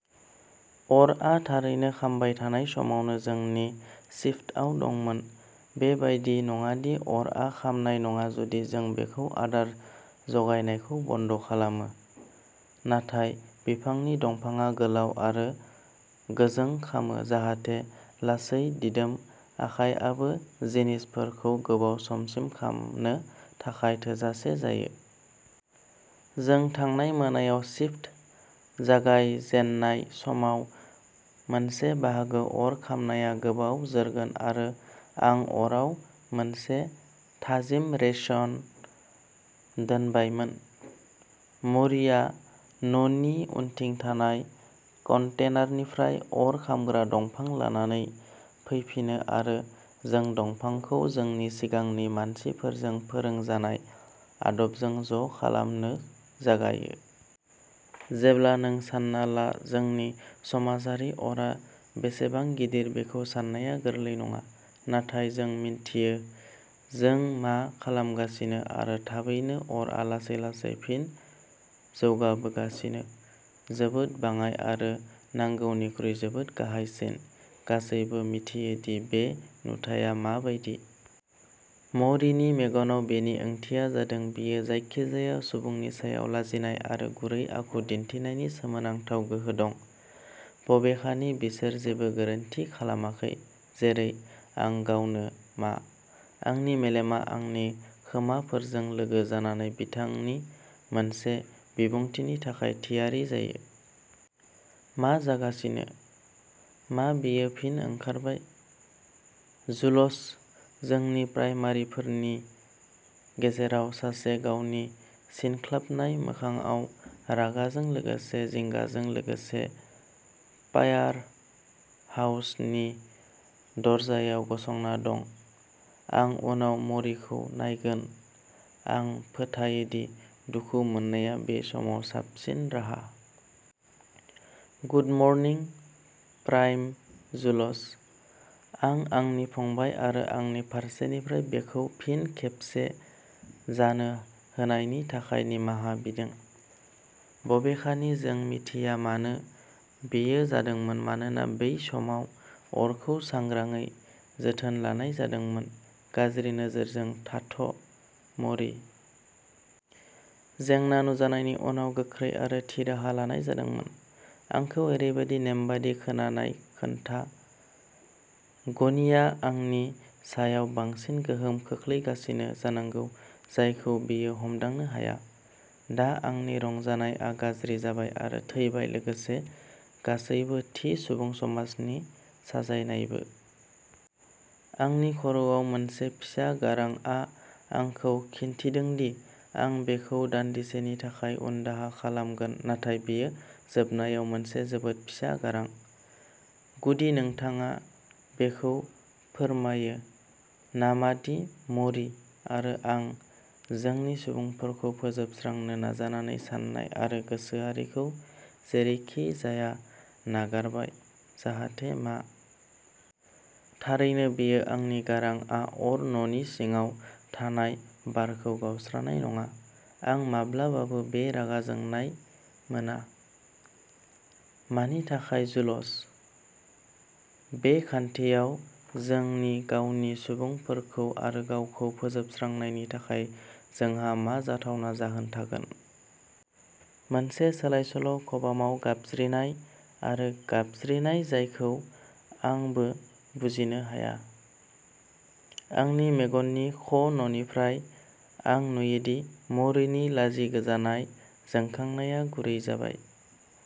अरआ थारैनो खामबाय थानाय समावनो जोंनि शिफ्टआव दंमोन। बेबादि नङादि अरआ खामनाय नङा जुदि जों बेखौ आदार जगायनायखौ बन्द' खालामो। नाथाय बिफांनि दंफांआ गोलाव आरो गोजों खामो जाहाथे लासै दिदोम आखायआबो जिनिसफोरखौ गोबाव समसिम खामनो थाखाय थोजासे जायो। जों थांनाय मोनायाव शिफ्ट जागाय जेननाय समाव मोनसे बाहागो अर खामनाया गोबाव जोरगोन आरो आं अराव मोनसे थाजिम रेशन दोनबायमोन। म'रिआ न'नि उनथिं थानाय कन्टेनारनिफ्राय अर खामग्रा दंफां लानानै फैफिनो आरो जों दंफांखौ जोंनि सिगांनि मानसिफोरजों फोरोंजानाय आदबजों ज' खालामनो जागायो। जेब्ला नों सान्ना ला जोंनि समाजारि अरआ बेसेबां गिदिर बेखौ साननाया गोरलै नङा। नाथाय जों मिथियो जों मा खालामगासिनो आरो थाबैनो अरआ लासै-लासै फिन जौगाबोगासिनो जोबोद बाङाइ आरो नांगौनिख्रुइ जोबोद गाहायसिन। गासैबो मिथियोदि बे नुथाया मा बायदि। म'रीनि मेगनाव बेनि ओंथिया जादों। बियो जायखिजाया सुबुंनि सायाव लाजिनाय आरो गुरै आखु दिन्थिनायनि सोमोनांथाव गोहो दं बबेखानि बिसोर जेबो गोरोन्थि खालामाखै। जेरै आं गावनो। मा? आंनि मेलेमआ आंनि खोमाफोरजों लोगो जानानै बिथांनि मोनसे बिबुंथिनि थाखाय थियारि जायो। मा जागासिनो? मा बेयो फिन ओंखारबाय? जुल'स जोंनि प्राइमारिफोरनि गेजेराव सासे गावनि सिनख्लाबनाय मोखांआव रागाजों लोगोसे जिंगाजों लोगोसे फायारहाउसनि दरजायाव गसंना दं। आं उनाव म'रीखौ नायगोन। आं फोथायोदि दुखु मोननाया बे समाव साबसिन राहा। गुड मर्निं प्राइम जुल'स। आं आंनि फंबाय आरो आंनि फारसेनिफ्राय बेखौ फिन खेबसे जानो होनायनि थाखाय निमाहा बिदों। बबेखानि जों मिथिया मानो बेयो जादोंमोन मानोना बै समाव अरखौ सांग्राङै जोथोन लानाय जादोंमोन। गाज्रि नोजोरजों थाथ म'री। जेंना नुजानायनि उनाव गोख्रै आरो थि राहा लानाय जादोंमोन। आंखौ ओरैबादि नेमबादि खोनानाय खोनथा। गनिया आंनि सायाव बांसिन गोहोम खोख्लैगासिनो जानांगौ जायखौ बियो हमदांनो हाया। दा आंनि रंजानायआ गाज्रि जाबाय आरो थैबाय लोगोसे गासैबो थि सुबुं समाजनि साजायनायबो। आंनि खर'आव मोनसे फिसा गारांआ आंखौ खिन्थिदोंदि आं बेखौ दानदिसेनि थाखाय उनदाहा खालामगोन नाथाय बेयो जोबनायाव मोनसे जोबोद फिसा गारां। गुदि नोंथाङा बेखौ फोरमायो नामादि मरि आरो आं जोंनि सुबुंफोरखौ फोजोबस्रांनो नाजानानै साननाय आरो गोसोआरिखौ जेरैखिजाया नागारबाय, जाहाथे मा? थारैनो बेयो आंनि गारांआ अर न'नि सिङाव थानाय बारखौ गावस्रानाय नङा। आं माब्लाबाबो बे रागा जोंनाय मोना। मानि थाखाय जुल'स? बे खान्थियाव जोंनि गावनि सुबुंफोरखौ आरो गावखौ फोजोबस्रांनायनि थाखाय जोंहा मा जाथावना जाहोन थागोन? मोनसे सोलायसोल' खबामाव गाबज्रिनाय आरो गाबज्रिनाय जायखौ आंबो बुजिनो हाया। आंनि मेगननि ख'ननिफ्राय आं नुयोदि मरिनि लाजिगोजानाय जोंखांनाया गुरै जाबाय।